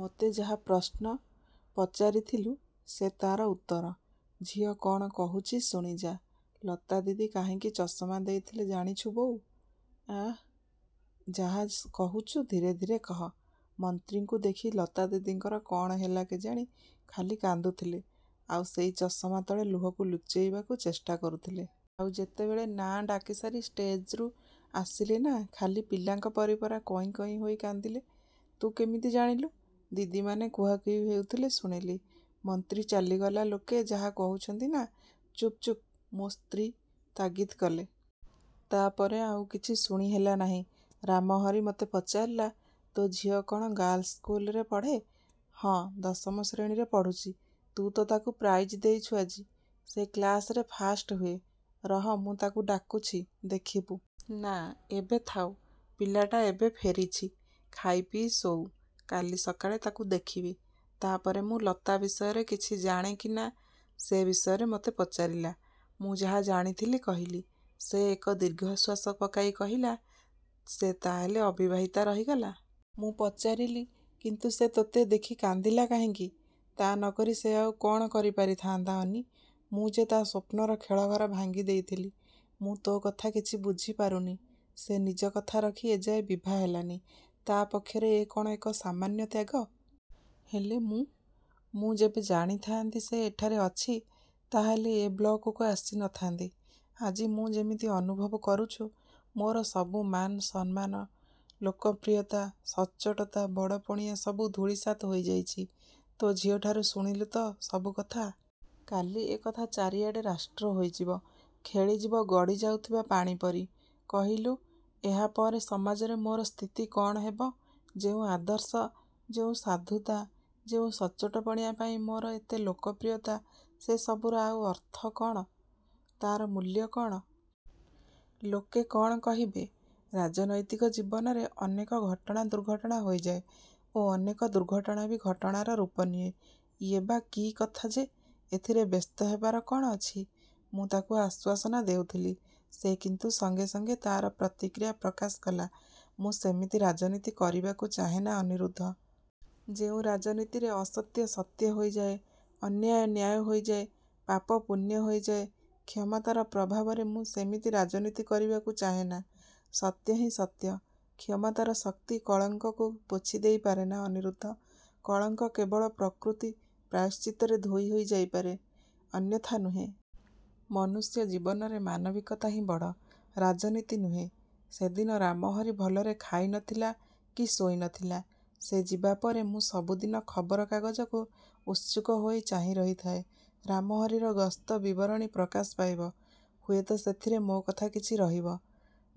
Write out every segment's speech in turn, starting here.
ମୋତେ ଯାହା ପ୍ରଶ୍ନ। ପଚାରିଥିଲୁ ସେ ତା'ର ଉତ୍ତର। ଝିଅ କ'ଣ କହୁଛି ଶୁଣିଯା-। ଲତାଦିଦି କାହିଁକି ଚଷମା ଦେଇଥିଲେ ଜାଣିଛୁ ବୋଉ? ଏଃ, ଯାହା କହୁଛୁ ଧୀରେ ଧୀରେ କହ। ମନ୍ତ୍ରୀଙ୍କୁ ଦେଖି ଲତାଦିଦିଙ୍କର କ'ଣ ହେଲା କେଜାଣି ଖାଲି କାନ୍ଦୁଥିଲେ; ଆଉ ସେଇ ଚଷମା ତଳେ ଲୁହକୁ ଲୁଚେଇବାକୁ ଚେଷ୍ଟା କରୁଥିଲେ। ଆଉ ଯେତେବେଳେ ନାଆଁ ଡାକି ସାରି ଷ୍ଟେଜ୍ରୁ ଆସିଲେ ନା ଖାଲି ପିଲାଙ୍କ ପରି ପରା କଇଁ କଇଁ ହୋଇ କାନ୍ଦିଲେ। ତୁ କେମିତି ଜାଣିଲୁ? ଦିଦିମାନେ କୁହାକୁହି ହେଉଥିଲେ ଶୁଣିଲି। ମନ୍ତ୍ରୀ ଚାଲିଗଲା ଲେକେ ଯାହା କହୁଛନ୍ତି ନା "ଚୁପ୍ ଚୁପ୍" ମୋ' ସ୍ତ୍ରୀ ତାଗିଦ୍ କଲେ। ତା'ପରେ ଆଉ କିଛି ଶୁଣି ହେଲା ନାହିଁ। ରାମହରି ମୋତେ ପଚାରିଲା-ତୋ ଝିଅ କ'ଣ ଗାର୍ଲସ ସ୍କୁଲରେ ପଢ଼େ? ହଁ, ଦଶମ ଶ୍ରେଣୀରେ ପଢ଼ୁଛି। ତୁ ତ ତାକୁ ପ୍ରାଇଜ୍ ଦେଇଛୁ ଆଜି। ସେ କ୍ଲାସରେ ଫାଷ୍ଟ ହୁଏ। ରହ, ମୁଁ ତାକୁ ଡାକୁଛି ଦେଖିବୁ। ନା, ଏବେ ଥାଉ। ପିଲଟା ଏବେ ଫେରିଛି। ଖାଇପିଇ ଶୋଉ। କାଲି ସକାଳେ ତାକୁ ଦେଖିବି। ତା'ପରେ ମୁଁ ଲତା ବିଷୟରେ କିଛି ଜାଣେ କି ନା ସେ ବିଷୟରେ ମୋତେ ପଚାରିଲା। ମୁଁ ଯାହା ଜାଣିଥିଲି କହିଲି। ସେ ଏକ ଦୀର୍ଘଶ୍ଵାସ ପକାଇ କହିଲା-ସେ ତା'ହେଲେ ଅବିବାହିତା ରହିଗଲା? ମୁଁ ପଚାରିଲି-କିନ୍ତୁ ସେ ତୋତେ ଦେଖି କାନ୍ଦିଲା କାହିଁକି? -ତା' ନକରି ସେ ଆଉ କ'ଣ କରିପାରିଥାନ୍ତା। ଅନି? ମୁଁ ଯେ ତା' ସ୍ଵପ୍ନର ଖେଳଘର ଭାଙ୍ଗି ଦେଇଥିଲି। ମୁଁ ତୋ' କଥା କିଛି ବୁଝିପାରୁନି। ସେ ନିଜକଥା ରଖି ଏ ଯାଏ ବିଭାହେଲାନି, ତା'ପକ୍ଷରେ ଏ କ'ଣ ଏକ ସାମାନ୍ୟ ତ୍ୟାଗ-? ହେଲେ ମୁଁ? ମୁଁ ଯେବେ ଜାଣିଥାନ୍ତି ସେ ଏଠାରେ ଅଛି ତା'ହେଲେ ଏ ବ୍ଲକକୁ ଆସି ନଥାନ୍ତି-। ଆଜି ମୁଁ ଯେମିତି ଅନୁଭବ କରୁଛୁ ମୋର ସବୁ ମାନ ସମ୍ମାନ, ଲୋକପ୍ରିୟତା, ସଚ୍ଚୋଟତା ବଡ଼ପଣିଆ ସବୁ ଧୂଳିସାତ୍ ହୋଇଯାଇଛି। ତୋ' ଝିଅଠାରୁ ଶୁଣିଲୁ ତ ସବୁ କଥା। କାଲି ଏ କଥା ଚାରିଆଡ଼େ ରାଷ୍ଟ୍ର ହୋଇଯିବ-ଖେଳିଯିବ ଗଡ଼ିଯାଉଥିବା ପାଣି ପରି। କହିଲୁ-ଏହାପରେ ସମାଜରେ ମୋର ସ୍ଥିତି କ'ଣ ହେବ? ଯେଉଁ ଆଦର୍ଶ, ଯେଉଁ ସାଧୁତା, ଯେଉଁ ସଚ୍ଚୋଟପଣିଆ ପାଇଁ ମୋର ଏତେ ଲୋକପ୍ରିୟତା ସେ ସବୁର ଆଉ ଅର୍ଥ କ'ଣ? ତା'ର ମୂଲ୍ୟ କ'ଣ? ଲୋକେ କ'ଣ କହିବେ? 'ରାଜନୈତିକ ଜୀବନରେ ଅନେକ ଘଟଣା ଦୁର୍ଘଟଣା ହୋଇଯାଏ ଓ ଅନେକ ଦୁର୍ଘଟଣା ବି ଘଟଣାର ରୂପ ନିଏ। ଇଏ ବା କି କଥା ଯେ ଏଥିରେ ବ୍ୟସ୍ତ ହେବାର କ'ଣ ଅଛି? -ମୁଁ ତାକୁ ଆଶ୍ଵାସନା ଦେଉଥିଲି। ସେ କିନ୍ତୁ ସଙ୍ଗେ ସଙ୍ଗେ ତା'ର ପ୍ରତିକ୍ରିୟା ପ୍ରକାଶ କଲା- 'ମୁଁ ସେମିତି ରାଜନୀତି କରିବାକୁ ଚାହେଁନା ଅନିରୁଦ୍ଧ। ଯେଉଁ ରାଜନୀତିରେ ଅସତ୍ୟ ସତ୍ୟ ହୋଇଯାଏ, ଅନ୍ୟାୟ ନ୍ୟାୟ ହୋଇଯାଏ, ପାପ ପୁଣ୍ୟ ହୋଇଯାଏ, କ୍ଷମତାର ପ୍ରଭାବରେ ମୁଁ ସେମିତି ରାଜନୀତି କରିବାକୁ ଚାହେଁନା। ସତ୍ୟ ହିଁ ସତ୍ୟ। କ୍ଷମତାର ଶକ୍ତି କଳଙ୍କକୁ ପୋଛି ଦେଇ ପାରେନା ଅନିରୁଦ୍ଧ, କଳଙ୍କ କେବଳ ପ୍ରକୃତି ପ୍ରାୟଶ୍ଚିତରେ ଧୋଇ ହୋଇ ଯାଇପାରେ, ଅନ୍ୟଥା ନୁହେଁ। ମନୁଷ୍ୟ ଜୀବନରେ ମାନବିକତା ହିଁ ବଡ଼-ରାଜନୀତି ନୁହେଁ। ସେଦିନ ରାମହରି ଭଲରେ ଖାଇ ନଥିଲା କି ଶୋଇ ନଥିଲା। ସେ ଯିବାପରେ ମୁଁ ସବୁଦିନ ଖବର କାଗଜକୁ ଉତ୍ସୁକ ହୋଇ ଚାହିଁ ରହିଥାଏ-ରାମହରିର ଗସ୍ତ ବିବରଣୀ ପ୍ରକାଶ ପାଇବ-ହୁଏତ ସେଥିରେ ମୋ' କଥା କିଛି ରହିବ,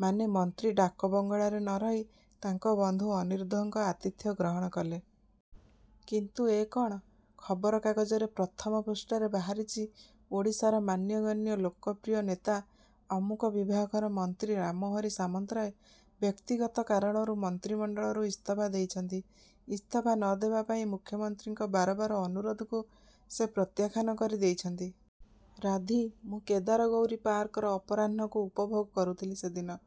ମାନେ ମନ୍ତ୍ରୀ ଡାକବଙ୍ଗଳାରେ ନରହି ତାଙ୍କ ବନ୍ଧୁ ଅନିରୁଦ୍ଧଙ୍କ ଆତିଥ୍ୟ ଗ୍ରହଣ କଲେ। କିନ୍ତୁ ଏ କ'ଣ? ଖବର କାଗଜରେ ପ୍ରଥମ ପୃଷ୍ଠାରେ ବାହାରିଛି-"ଓଡ଼ିଶାର ମାନଗଣ୍ୟ ଲୋକପ୍ରିୟ ନେତା, ଅମୁକ ବିଭାଗର ମନ୍ତ୍ରୀ ରାମହରି ସାମନ୍ତରାୟ ବ୍ୟକ୍ତିଗତ କାରଣରୁ ମନ୍ତ୍ରୀମଣ୍ଡଳରୁ ଇସ୍ତଫା ଦେଇଛନ୍ତି। ଇସ୍ତଫା ନ ଦେବା ପାଇଁ ମୁଖ୍ୟମନ୍ତ୍ରୀଙ୍କ ବାର ବାର ଅନୁରୋଧକୁ ସେ ପ୍ରତ୍ୟାଖ୍ୟାନ କରି ଦେଇଛନ୍ତି। " ରାଧି ମୁଁ କେଦାର-ଗୌରୀ ପାର୍କର ଅପରାହ୍ନକୁ ଉପଭୋଗ କରୁଥିଲି ସେଦିନ।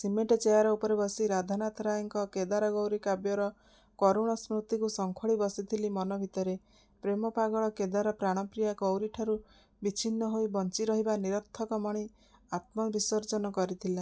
ସିମେଣ୍ଟ ଚେୟାର ଉପରେ ବସି ରାଧାନାଥ ରାୟଙ୍କ କେଦାର-ଗୌରୀ କାବ୍ୟର କରୁଣ ସ୍ମୃତିକୁ ଶଙ୍ଖୋଳି ବସିଥିଲି ମନ ଭିତରେ। ପ୍ରେମ ପାଗଳ କେଦାର ପ୍ରାଣପ୍ରିୟା ଗୌରୀଠାରୁ ବିଚ୍ଛିନ୍ନ ହୋଇ ବଞ୍ଚି ରହିବା ନିରର୍ଥକ ମଣି ଆତ୍ମବିସର୍ଜନ କରିଥିଲା।